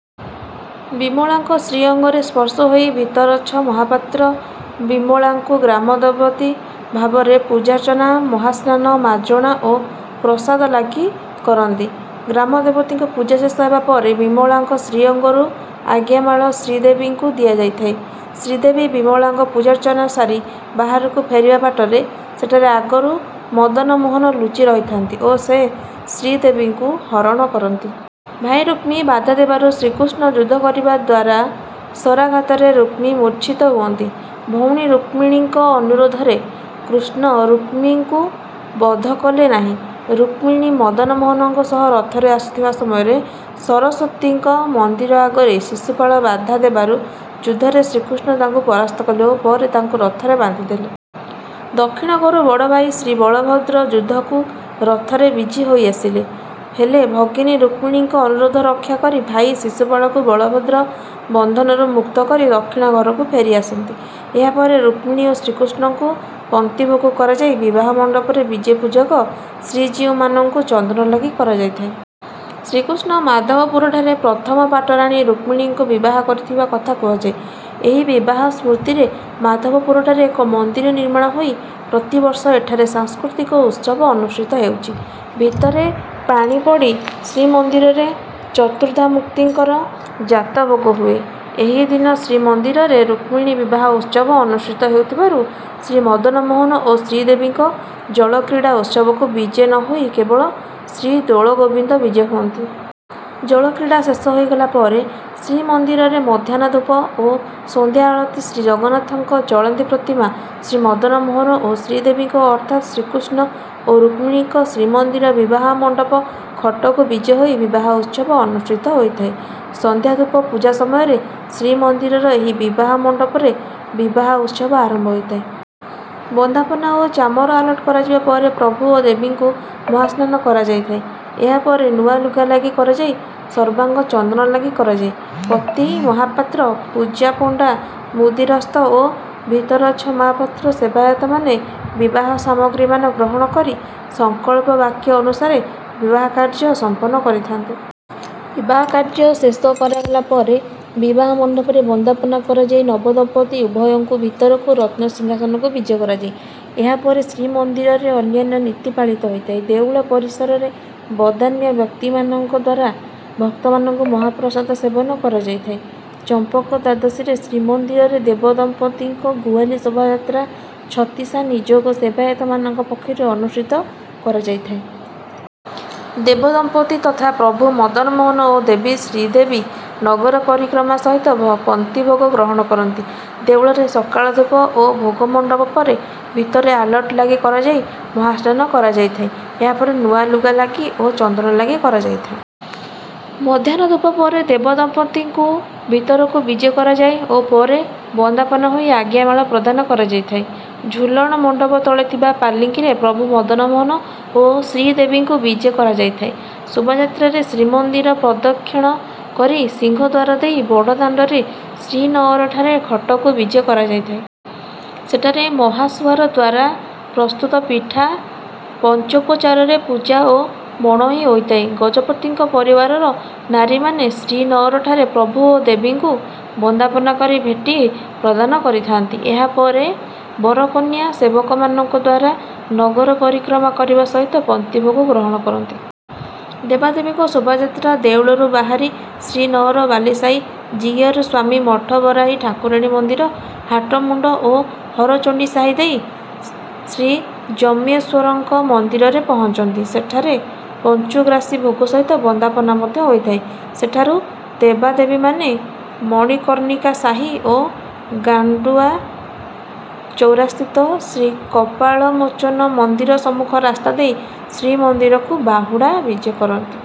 ବିମଳାଙ୍କ ଶ୍ରୀଅଙ୍ଗରେ ସ୍ପର୍ଶ ହୋଇ ଭିତରଛ ମହାପାତ୍ର ବିମଳାଙ୍କୁ ଗ୍ରାମଦେବତୀ ଭାବରେ ପୂଜାର୍ଚ୍ଚନା ମହାସ୍ନାନ ମାଜଣା ଓ ପ୍ରସାଦ ଲାଗି କରନ୍ତି। ଗ୍ରାମଦେବତୀଙ୍କ ପୂଜା ଶେଷ ହେବା ପରେ ବିମଳାଙ୍କ ଶ୍ରୀଅଙ୍ଗରୁ ଆଜ୍ଞାମାଳ ଶ୍ରୀଦେବୀଙ୍କୁ ଦିଆଯାଇଥାଏ। ଶ୍ରୀଦେବୀ ବିମଳାଙ୍କ ପୂଜାର୍ଚ୍ଚନା ସାରି ବାହାରକୁ ଫେରିବା ବାଟରେ ସେଠାରେ ଆଗରୁ ମଦନମୋହନ ଲୁଚି ରହିଥାନ୍ତି ଓ ସେ ଶ୍ରୀଦେବୀଙ୍କୁ ହରଣ କରନ୍ତି। ଭାଇ ରୁକ୍ମୀ ବାଧା ଦେବାରୁ ଶ୍ରୀକୃଷ୍ଣ ଯୁଦ୍ଧ କରିବା ଦ୍ୱାରା ଶରାଘାତରେ ରୁକ୍ମୀ ମୂର୍ଚ୍ଛିତ ହୁଅନ୍ତି। ଭଉଣୀ ରୁକ୍ମିଣୀଙ୍କ ଅନୁରୋଧରେ କୃଷ୍ଣ ରୁକ୍ମୀଙ୍କୁ ବଧ କଲେ ନାହିଁ। ରୁକ୍ମିଣୀ ମଦନମୋହନଙ୍କ ସହ ରଥରେ ଆସୁଥିବା ସମୟରେ ସରସ୍ୱତୀଙ୍କ ମନ୍ଦିର ଆଗରେ ଶିଶୁପାଳ ବାଧା ଦେବାରୁ ଯୁଦ୍ଧରେ ଶ୍ରୀକୃଷ୍ଣ ତାଙ୍କୁ ପରାସ୍ତ କଲେ ଓ ପରେ ତାଙ୍କୁ ରଥରେ ବାନ୍ଧି ଦେଲେ। ଦକ୍ଷିଣ ଘରୁ ବଡ଼ଭାଇ ଶ୍ରୀବଳଭଦ୍ର ଯୁଦ୍ଧକୁ ରଥରେ ବିଜେ ହୋଇ ଆସିଲେ। ହେଲେ ଭଗିନୀ ରୁକ୍ମିଣୀଙ୍କ ଅନୁରୋଧ ରକ୍ଷା କରି ଭାଇ ଶିଶୁପାଳକୁ ବଳଭଦ୍ର ବନ୍ଧନରୁ ମୁକ୍ତ କରି ଦକ୍ଷିଣ ଘରକୁ ଫେରିଆସନ୍ତି। ଏହାପରେ ରୁକ୍ମିଣୀ ଓ ଶ୍ରୀକୃଷ୍ଣଙ୍କୁ ପନ୍ତିଭୋଗ କରାଯାଇ ବିବାହ ମଣ୍ଡପରେ ବିଜେ ପୂଜକ ଶ୍ରୀଜୀଉମାନଙ୍କୁ ଚନ୍ଦନ ଲାଗି କରାଯାଇଥାଏ। ଶ୍ରୀକୃଷ୍ଣ ମାଧବପୁରଠାରେ ପ୍ରଥମ ପାଟରାଣୀ ରୁକ୍ମିଣୀଙ୍କୁ ବିବାହ କରିଥିବା କଥା କୁହାଯାଏ। ଏହି ବିବାହ ସ୍ମୃତିରେ ମାଧବପୁରଠାରେ ଏକ ମନ୍ଦିର ନିର୍ମାଣ ହୋଇ ପ୍ରତିବର୍ଷ ଏଠାରେ ସାଂସ୍କୃତିକ ଉତ୍ସବ ଅନୁଷ୍ଠିତ ହେଉଛି। ଭିତରେ ପାଣି ପଡ଼ି ଶ୍ରୀମନ୍ଦିରରେ ଚତୁର୍ଦ୍ଧାମୂର୍ତ୍ତିଙ୍କର ଯାତଭୋଗ ହୁଏ। ଏହିଦିନ ଶ୍ରୀମନ୍ଦିରରେ ରୁକ୍ମିଣୀ ବିବାହ ଉତ୍ସବ ଅନୁଷ୍ଠିତ ହେଉଥିବାରୁ ଶ୍ରୀମଦନମୋହନ ଓ ଶ୍ରୀଦେବୀ ଜଳକ୍ରୀଡ଼ା ଉତ୍ସବକୁ ବିଜେ ନ ହୋଇ କେବଳ ଶ୍ରୀଦୋଳଗୋବିନ୍ଦ ବିଜେ ହୁଅନ୍ତି। ଜଳକ୍ରୀଡ଼ା ଶେଷ ହୋଇଗଲା ପରେ ଶ୍ରୀମନ୍ଦିରରେ ମଧ୍ୟାହ୍ନ ଧୂପ ଓ ସନ୍ଧ୍ୟା ଆଳତି ଶ୍ରୀଜଗନ୍ନାଥଙ୍କ ଚଳନ୍ତି ପ୍ରତିମା ଶ୍ରୀମଦନମୋହନ ଓ ଶ୍ରୀଦେବୀଙ୍କ ଅର୍ଥାତ ଶ୍ରୀକୃଷ୍ଣ ଓ ରୁକ୍ମିଣୀଙ୍କ ଶ୍ରୀମନ୍ଦିର ବିବାହ ମଣ୍ଡପ ଖଟକୁ ବିଜେ ହୋଇ ବିବାହ ଉତ୍ସବ ଅନୁଷ୍ଠିତ ହୋଇଥାଏ। ସନ୍ଧ୍ୟା ଧୂପ ପୂଜା ସମୟରେ ଶ୍ରୀମନ୍ଦିରର ଏହି ବିବାହ ମଣ୍ଡପରେ ବିବାହ ଉତ୍ସବ ଆରମ୍ଭ ହୋଇଥାଏ। ବନ୍ଦାପନା ଓ ଚାମର ଆଲଟ କରାଯିବା ପରେ ପ୍ରଭୁ ଓ ଦେବୀଙ୍କୁ ମହାସ୍ନାନ କରାଯାଇଥାଏ। ଏହାପରେ ନୂଆ ଲୁଗା ଲାଗି କରାଯାଇ ସର୍ବାଙ୍ଗ ଚନ୍ଦନ ଲାଗି କରାଯାଏ। ପତି ମହାପାତ୍ର ପୂଜା ପଣ୍ଡା ମୁଦିରସ୍ତ ଓ ଭିତରଛ ମହାପାତ୍ର ସେବାୟତମାନେ ବିବାହ ସାମଗ୍ରୀମାନ ଗ୍ରହଣ କରି ସଂକଳ୍ପ ବାକ୍ୟ ଅନୁସାରେ ବିବାହ କାର୍ଯ୍ୟ ସମ୍ପନ୍ନ କରିଥାନ୍ତି। ବିବାହ କାର୍ଯ୍ୟ ଶେଷ କରାଗଲା ପରେ ବିବାହ ମଣ୍ଡପରେ ବନ୍ଦାପନା କରାଯାଇ ନବଦମ୍ପତି ଉଭୟଙ୍କୁ ଭିତରକୁ ରତ୍ନସିଂହାସନକୁ ବିଜେ କରାଯାଏ। ଏହା ପରେ ଶ୍ରୀମନ୍ଦିରରେ ଅନ୍ୟାନ୍ୟ ନୀତି ପାଳିତ ହୋଇଥାଏ। ଦେଉଳ ପରିସରରେ ବଦାନ୍ୟ ବ୍ୟକ୍ତିମାନଙ୍କ ଦ୍ୱାରା ଭକ୍ତମାନଙ୍କୁ ମହାପ୍ରସାଦ ସେବନ କରାଯାଇଥାଏ। ଚମ୍ପକ ଦ୍ୱାଦଶୀରେ ଶ୍ରୀମନ୍ଦିରରେ ଦେବଦମ୍ପତିଙ୍କ ଗୁଆଲି ଶୋଭାଯାତ୍ରା ଛତିଶା ନିଯୋଗ ସେବାୟତମାନଙ୍କ ପକ୍ଷରୁ ଅନୁଷ୍ଠିତ କରାଯାଇଥାଏ। ଦେବଦମ୍ପତି ତଥା ପ୍ରଭୁ ମଦନମୋହନ ଓ ଦେବୀ ଶ୍ରୀଦେବୀ ନଗର ପରିକ୍ରମା ସହିତ ପନ୍ତିଭୋଗ ଗ୍ରହଣ କରନ୍ତି। ଦେଉଳରେ ସକାଳ ଧୂପ ଓ ଭୋଗମଣ୍ଡପ ପରେ ଭିତରେ ଆଲଟ ଲାଗି କରାଯାଇ ମହାସ୍ନାନ କରାଯାଇଥାଏ। ଏହାପରେ ନୂଆ ଲୁଗା ଲାଗି ଓ ଚନ୍ଦନ ଲାଗି କରାଯାଇଥାଏ। ମଧ୍ୟାହ୍ନ ଧୂପ ପରେ ଦେବଦମ୍ପତିଙ୍କୁ ଭିତରକୁ ବିଜେ କରାଯାଏ ଓ ପରେ ବନ୍ଦାପନା ହୋଇ ଆଜ୍ଞାମାଳ ପ୍ରଦାନ କରାଯାଇଥାଏ। ଝୁଲଣ ମଣ୍ଡପ ତଳେ ଥିବା ପାଲିଙ୍କିରେ ପ୍ରଭୁ ମଦନମୋହନ ଓ ଶ୍ରୀଦେବୀଙ୍କୁ ବିଜେ କରାଯାଇଥାଏ। ଶୋଭାଯାତ୍ରାରେ ଶ୍ରୀମନ୍ଦିର ପ୍ରଦକ୍ଷଣ କରି ସିଂହଦ୍ୱାର ଦେଇ ବଡ଼ଦାଣ୍ଡରେ ଶ୍ରୀନଅରଠାରେ ଖଟକୁ ବିଜେ କରାଯାଇଥାଏ। ସେଠାରେ ମହାସୁଆର ଦ୍ୱାରା ପ୍ରସ୍ତୁତ ପିଠା ପଞ୍ଚୋପଚାରରେ ପୂଜା ଓ ମଣୋହି ହୋଇଥାଏ। ଗଜପତିଙ୍କ ପରିବାରର ନାରୀମାନେ ଶ୍ରୀନଅରଠାରେ ପ୍ରଭୁ ଓ ଦେବୀଙ୍କୁ ବନ୍ଦାପନା କରି ଭେଟି ପ୍ରଦାନ କରିଥାନ୍ତି। ଏହାପରେ ବରକନ୍ୟା ସେବକମାନଙ୍କ ଦ୍ୱାରା ନଗର ପରିକ୍ରମା କରିବା ସହିତ ପନ୍ତିଭୋଗ ଗ୍ରହଣ କରନ୍ତି। ଦେବାଦେବୀଙ୍କ ଶୋଭାଯାତ୍ରା ଦେଉଳରୁ ବାହାରି ଶ୍ରୀନଅର ବାଲିସାହି ଜିୟରସ୍ୱାମୀ ମଠ ବରାହୀ ଠାକୁରାଣୀ ମନ୍ଦିର ହାଟମୁଣ୍ଡ ଓ ହରଚଣ୍ଡୀ ସାହି ଦେଇ ଶ୍ରୀଜମ୍ବେଶ୍ୱରଙ୍କ ମନ୍ଦିରରେ ପହଞ୍ଚନ୍ତି। ସେଠାରେ ପଞ୍ଚୁଗ୍ରାସୀ ଭୋଗ ସହିତ ବନ୍ଦାପନା ମଧ୍ୟ ହୋଇଥାଏ। ସେଠାରୁ ଦେବାଦେବୀମାନେ ମଣିକର୍ଣ୍ଣିକା ସାହି ଓ ଗାଣ୍ଡୁଆ ଚୌରାସ୍ଥିତ ଶ୍ରୀକପାଳମୋଚନ ମନ୍ଦିର ସମ୍ମୁଖ ରାସ୍ତା ଦେଇ ଶ୍ରୀମନ୍ଦିରକୁ ବାହୁଡ଼ା ବିଜେ କରନ୍ତି।